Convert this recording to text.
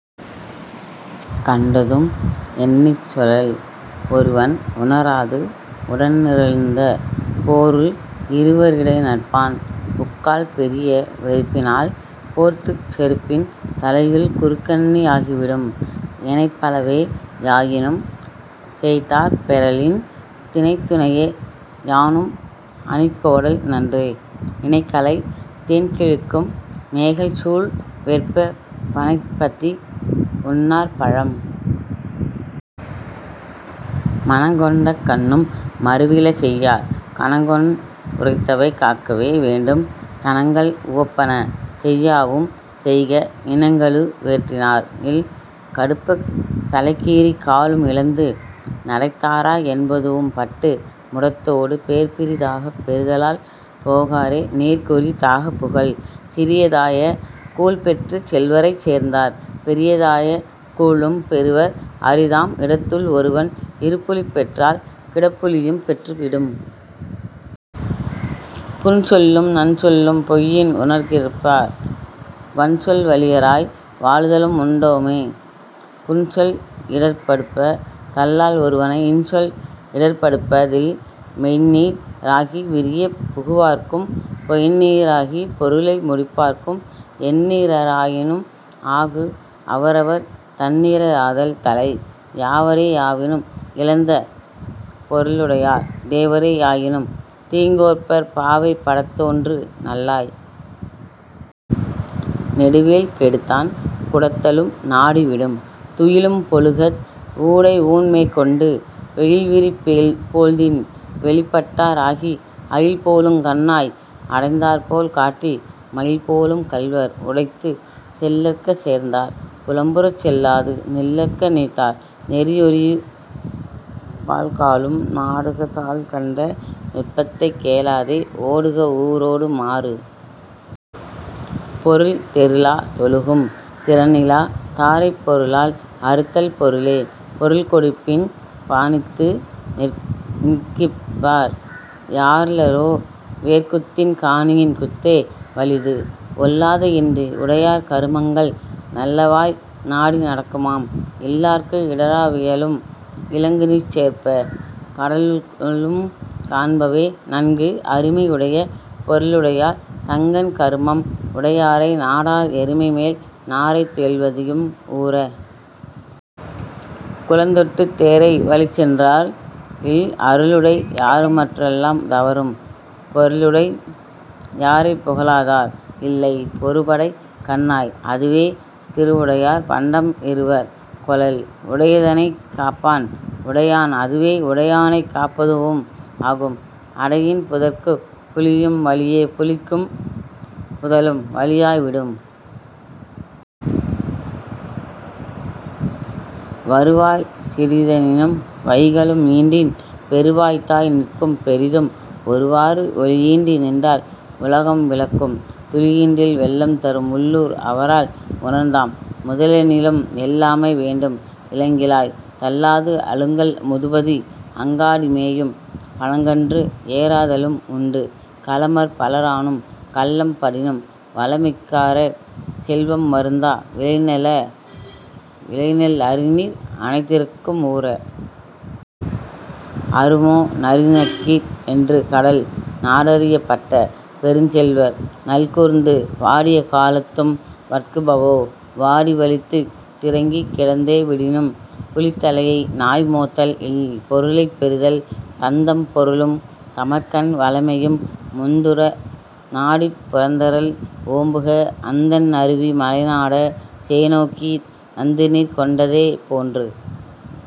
கண்டதூஉம் எண்ணிச் சொலல்'. ஒருவன் உணராது உடன்றெழுந்த போருள் இருவ ரிடைநட்பான் புக்கால் பெரிய வெறுப்பினால் போர்த்துச் செறுப்பின் 'தலையுள் குறுக்கண்ணி யாகி விடும்'. எனைப்பலவே யாயினும் சேய்த்தாற் பெறலின் தினைத்துணையே யானும் அணிக்கோடல் நன்றே இனக்கலை தேன்கிழிக்கும் மேகல்சூழ் வெற்ப! 'பனைப்பதித் உண்ணார் பழம்'. மனங்கொண்டக் கண்ணும் மருவில செய்யார் கனங்கொண் உரைத்தவை காக்கவே வேண்டும் சனங்கள் உவப்பன செய்யாவும் செய்க 'இனங்கழு வேற்றினார் இல்'. கடுப்பத் தலைக்கீறிக் காலும் இழந்து நடைத்தாரா என்பதூஉம் பட்டு முடத்தோடு பேர்பிறி தாகப் பெறுதலால் 'போகாரே நீர்குறி தாகப் புகல்'. சிறியதாய கூழ்பெற்றுச் செல்வரைச் சேர்ந்தார் பெரிதாய கூழும் பெறுவர் அரிதாம் 'இடத்துள் ஒருவன் இருப்புழிப் பெற்றால் கிடப்புழியும் பெற்று விடும்'. புன்சொல்லும் நன்சொல்லும் பொய்யின் உணர்கிற்பார் வன்சொல் வழியராய் வாழ்தலும் உண்டாமோ? புன்சொல் இடர்ப்படுப்ப தல்லால் ஒருவனை 'இன்சொல் இடர்ப்படுப்ப தில்'. மெய்ந்நீர ராகி விரியப் புகுவார்க்கும் பொய்ந்நீர ராகிப் பொருளை முடிப்பார்க்கும் எந்நீர ராயினும் ஆகு அவரவர் 'தந்நீர ராதல் தலை'. யாவரே யாயினும் இழந்த பொருளுடையார் தேவரே யாயினும் தீங்கோர்ப்பர் பாவை படத்தோன்று நல்லாய்! 'நெடுவேல் கெடுத்தான் குடத்துளும் நாடி விடும்'. துயிலும் பொழுதத் உடைஊண்மேற் கொண்டு வெயில்விரி போழ்தின் வெளிப்பட்டா ராகி அயில்போலுங் கண்ணாய்! அடைந்தார்போல் காட்டி 'மயில்போலும் கள்வர் உடைத்து'. செல்லற்க சேர்ந்தார் புலம்புறச் செல்லாது நில்லற்க நீத்தார் நெறியொரீப் பல்காலும் நாடுக தான்கண்ட நுட்பத்தைக் கேளாதே 'ஓடுக ஊரோடு மாறு'.. பொருள் தெருளா தொழுகும் திறனிலா தாரைப் பொருளால் அறுத்தல் பொருளே பொருள்கொடுப்பின் பாணித்து நிற்கிற்பார் யாருளரோ? 'வேற்குத்தின் காணியின் குத்தே வலிது'. ஒல்லாத இன்றி உடையார் கருமங்கள் நல்லவாய் நாடி நடக்குமாம் இல்லார்க்கு இடரா வியலும் இலங்குநீர்ச் சேர்ப்ப! 'கடலுள்ளும் காண்பவே நன்கு'. அருமை யுடைய பொருளுடையார் தங்கண் கருமம் உடையாரை நாடார் எருமைமேல் நாரை துயில்வதியும் ஊர! 'குளந்தொட்டுத் தேரை வழிச்சென்றார் இல்'. அருளுடை யாருமற் றல்லா தவரும் பொருளுடை யாரைப் புகழாதார் இல்லை பொருபடைக் கண்ணாய்! அதுவே 'திருவுடையார் பண்டம் இருவர் கொளல்'. உடையதனைக் காப்பான் உடையான் அதுவே உடையானைக் காப்பதூஉம் ஆகும் அடையின் 'புதற்குப் புலியும் வலியே புலிக்குப் புதலும் வலியாய் விடும்'. வருவாய் சிறிதெனினும் வைகலும் ஈண்டின் பெருவாய்த்தாய் நிற்கும் பெரிதும் ஒருவாறு ஒளியீண்டி நின்றால் உலகம் விளக்கும் 'துளியீண்டில் வெள்ளம் தரும்'. உள்ளூர் அவரால் உணர்ந்தாம் முதலெனினும் எள்ளாமை வேண்டும் இலங்கிழாய்! தள்ளாது அழுங்கல் முதுபதி 'அங்காடி மேயும் பழங்கன்று ஏறாதலும் உண்டு'. களமர் பலரானும் கள்ளம் படினும் வளமிக்கார் செல்வம் வருந்தா விளைநெல் அரிநீர் அணைதிறக்கும் ஊர! 'அறுமோ நரிநக்கிற் என்று கடல்'. நாடறியப் பட்ட பெருஞ்செல்வர் நல்கூர்ந்து வாடிய காலத்தும் வட்குபவோ! வாடி வலித்துத் திரங்கிக் கிடந்தே விடினும் 'புலித்தலையை நாய்மோத்தல் இல்'. பொருளைப் பெறுதல் தந்தம் பொருளும் தமர்கண் வளமையும் முந்துற நாடிப் புறந்தரல் ஓம்புக அந்தண் அருவி மலைநாட! சேணோக்கி 'நந்துநீர் கொண்டதே போன்று'.